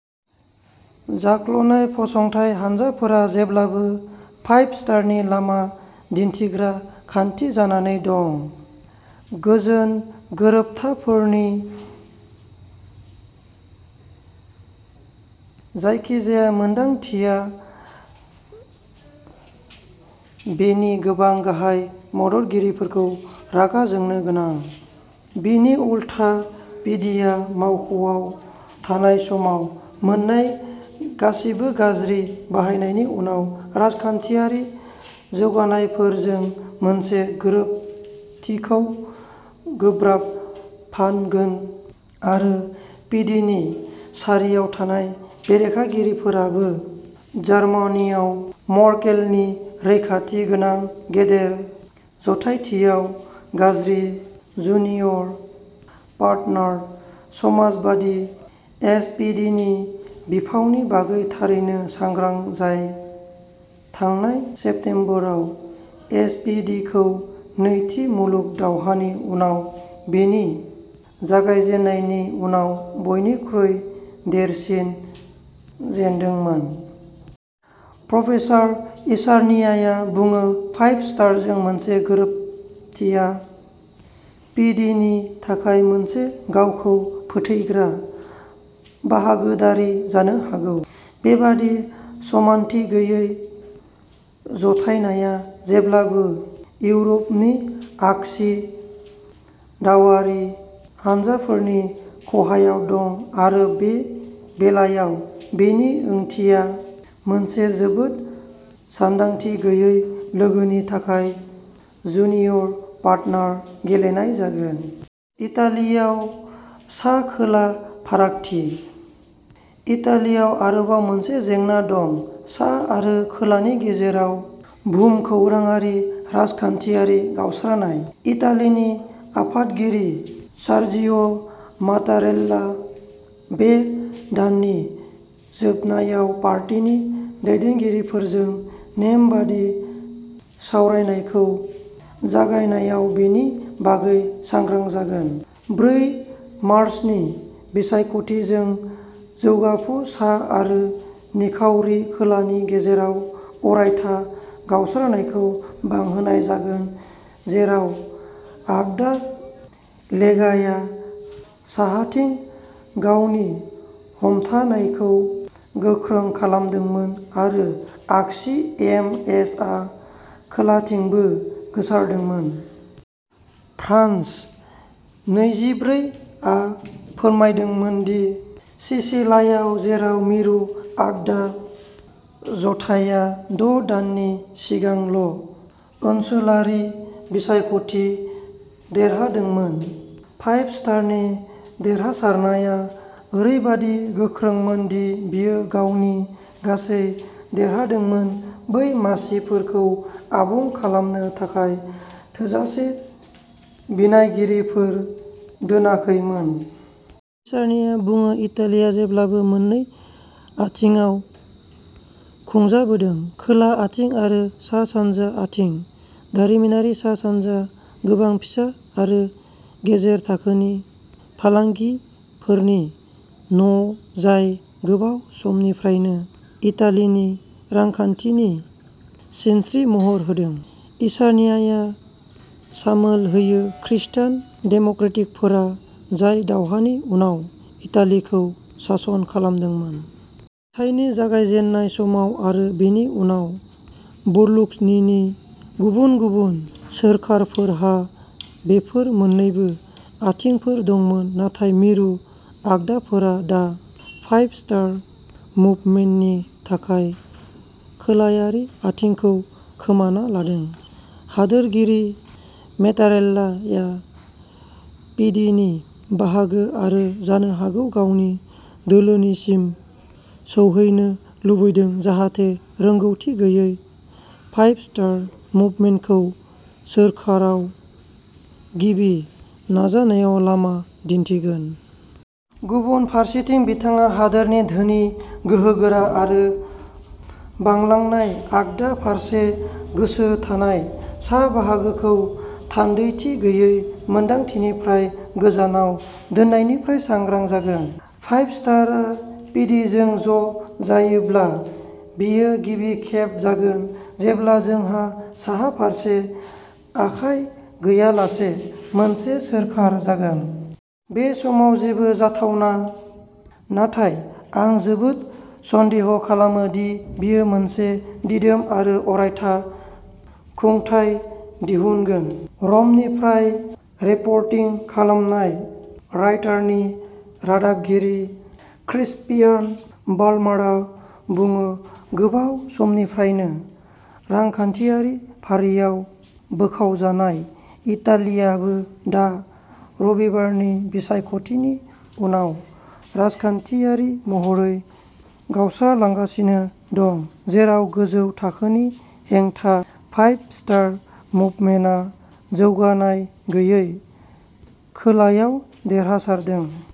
जाख्ल'नाय फसंथाय हानजाफोरा जेब्लाबो फाइभ स्टारनि लामा दिन्थिग्रा खान्थि जानानै दं। गोजोन गोरोबथाफोरनि जायखिजाया मोनदांथिया बेनि गोबां गाहाय मददगिरिफोरखौ रागा जोंनो गोनां। बिनि उलथा पिडिआ मावख'आव थानाय समाव मोन्नाय गासिबो गाज्रि बाहायनायनि उनाव राजखान्थियारि जौगानायफोरजों मोनसे गोरोबथिखौ गोब्राब फानगोन आरो पिडिनि सारियाव थानाय बेरेखागिरिफोराबो जार्मानियाव मर्केलनि रैखाथि गोनां गेदेर जथायथियाव गाज्रि जुनियर पार्टनार समाजबादि एसपिडिनि बिफावनि बागै थारैनो सांग्रां जाय थांनाय सेप्तेम्बराव एसपिडिखौ नैथि मुलुग दावहानि उनाव बेनि जागायजेन्नायनि उनाव बयनिख्रुइ देरसिन जेनदोंमोन। प्रफेसार इसार्नियाया बुङो फाइभ स्टारजों मोनसे गोरोबथिया पिडिनि थाखाय मोनसे गावखौ फोथैग्रा बाहागोदारि जानो हागौ। बेबादि समानथि गैयै जथायनाया जेब्लाबो इउरपनि आगसि दावआरि हानजाफोरनि खहायाव दं आरो बे बेलायाव बेनि ओंथिया मोनसे जोबोद सानदांथि गैयै लोगोनि थाखाय जुनियर पार्टनार गेलेनाय जागोन। इटालियाव सा खोला फारागथि। इटालियाव आरोबाव मोनसे जेंना दं सा आरो खोलानि गेजेराव भुमखौराङारि राजखान्थियारि गावस्रानाय। इटालिनि आफादगिरि सार्जिअ'मातारेल्ला बे दाननि जोबनायाव पार्टीनि दैदेनगिरिफोरजों नेमबादि सावरायनायखौ जागायनायाव बेनि बागै सांग्रां जागोन। ब्रै मार्चनि बिसायख'थिजों जौगाफु सा आरो निखावरि खोलानि गेजेराव अरायथा गावस्रानायखौ बांहोनाय जादोंमोन जेराव आगदा लेगाया साहाथिं गावनि हमथानायखौ गोख्रों खालामदोंमोन आरो आगसि एम एसआ खोलाथिंबो गोसारदोंमोन। फ्रान्स नैजिब्रै आ फोरमायदोंमोन दि सिसिलियाव जेराव मिरु आगदा जथाइया द' दाननि सिगांल ओनसोलारि बिसायख'थि देरहादोंमोन फाइभ स्टारनि देरहासारनाया ओरैबायदि गोख्रोंमोन दि बियो गावनि गासै देरहादोंमोन बै मासिफोरखौ आबुं खालामनो थाखाय थोजासे बिनायगिरिफोर दोनाखैमोन। इसार्नियाया बुङो इटालिया जेब्लाबो मोन्नै आथिंआव खुंजाबोदों खोला आथिं आरो सा सानजा आथिं दारिमिनारि सा सानजा गोबां फिसा आरो गेजेर थाखोनि फालांगिफोरनि न'जाय गोबाव समनिफ्रायनो इटालिनि रांखान्थिनि सिनस्रि महर होदों। इसार्नियाया सामोल होयो खृस्टान डेम'क्रेटफोरा जाय दावहानि उनाव इटालिखौ सासन खालामदोंमोन। जिथाइनि जागायजेन्नाय समाव आरो बेनि उनाव बर्लुस्कनिनि गुबुन गुबुन सोरखारफोरहा बेफोर मोन्नैबो आथिंफोर दंमोन नाथाय मिरु आगदाफोरा दा फाइभ स्टार मुभमेन्टनि थाखाय खोलायारि आथिंखौ खोमाना लादों। हादोरगिरि मेटारेल्लाया पिडिनि बाहागो आरो जानो हागौ गावनि दोलोनिसिम सौहैनो लुबैदों जाहाथे रोंगौथि गैयै फाइभ स्टार मुभमेन्टखौ सोरखाराव गिबि नाजानायाव लामा दिन्थिगोन। गुबुन फारसेथिं बिथाङा हादोरनि धोनि गोहोगोरा आरो बांलांनाय आगदा फारसे गोसो थानाय सा बाहागोखौ थान्दैथि गैयै मोन्दांथिनिफ्राय गोजानाव दोननायनिफ्राय सांग्रां जागोन। फाइभ स्टारआ पिदिजों ज' जायोब्ला बेयो गिबि खेब जागोन जेब्ला जोंहा साहा फारसे आखाय गैयालासे मोनसे सोरखार जागोन। बे समाव जेबो जाथावना। नाथाय आं जोबोद सन्देह खालामो दि बेयो मोनसे दिदोम आरो अरायथा खुंथाय दिहुनगोन। र'मनिफ्राय रिपर्टिं खालामनाय रायटारनि रादाबगिरि क्रिस्पियान बाल्मारआ बुङो गोबाव समनिफ्रायनो रांखान्थियारि फारियाव बोखावजानाय इटालीआबो दा रबिबारनि बिसायख'थिनि उनाव राजखान्थियारि महरै गावस्रालांगासिनो दं जेराव गोजौ थाखोनि हेंथा फाइभ स्टार मुभमेन्टआ जौगानाय गैयै खोलायाव देरहासारदों।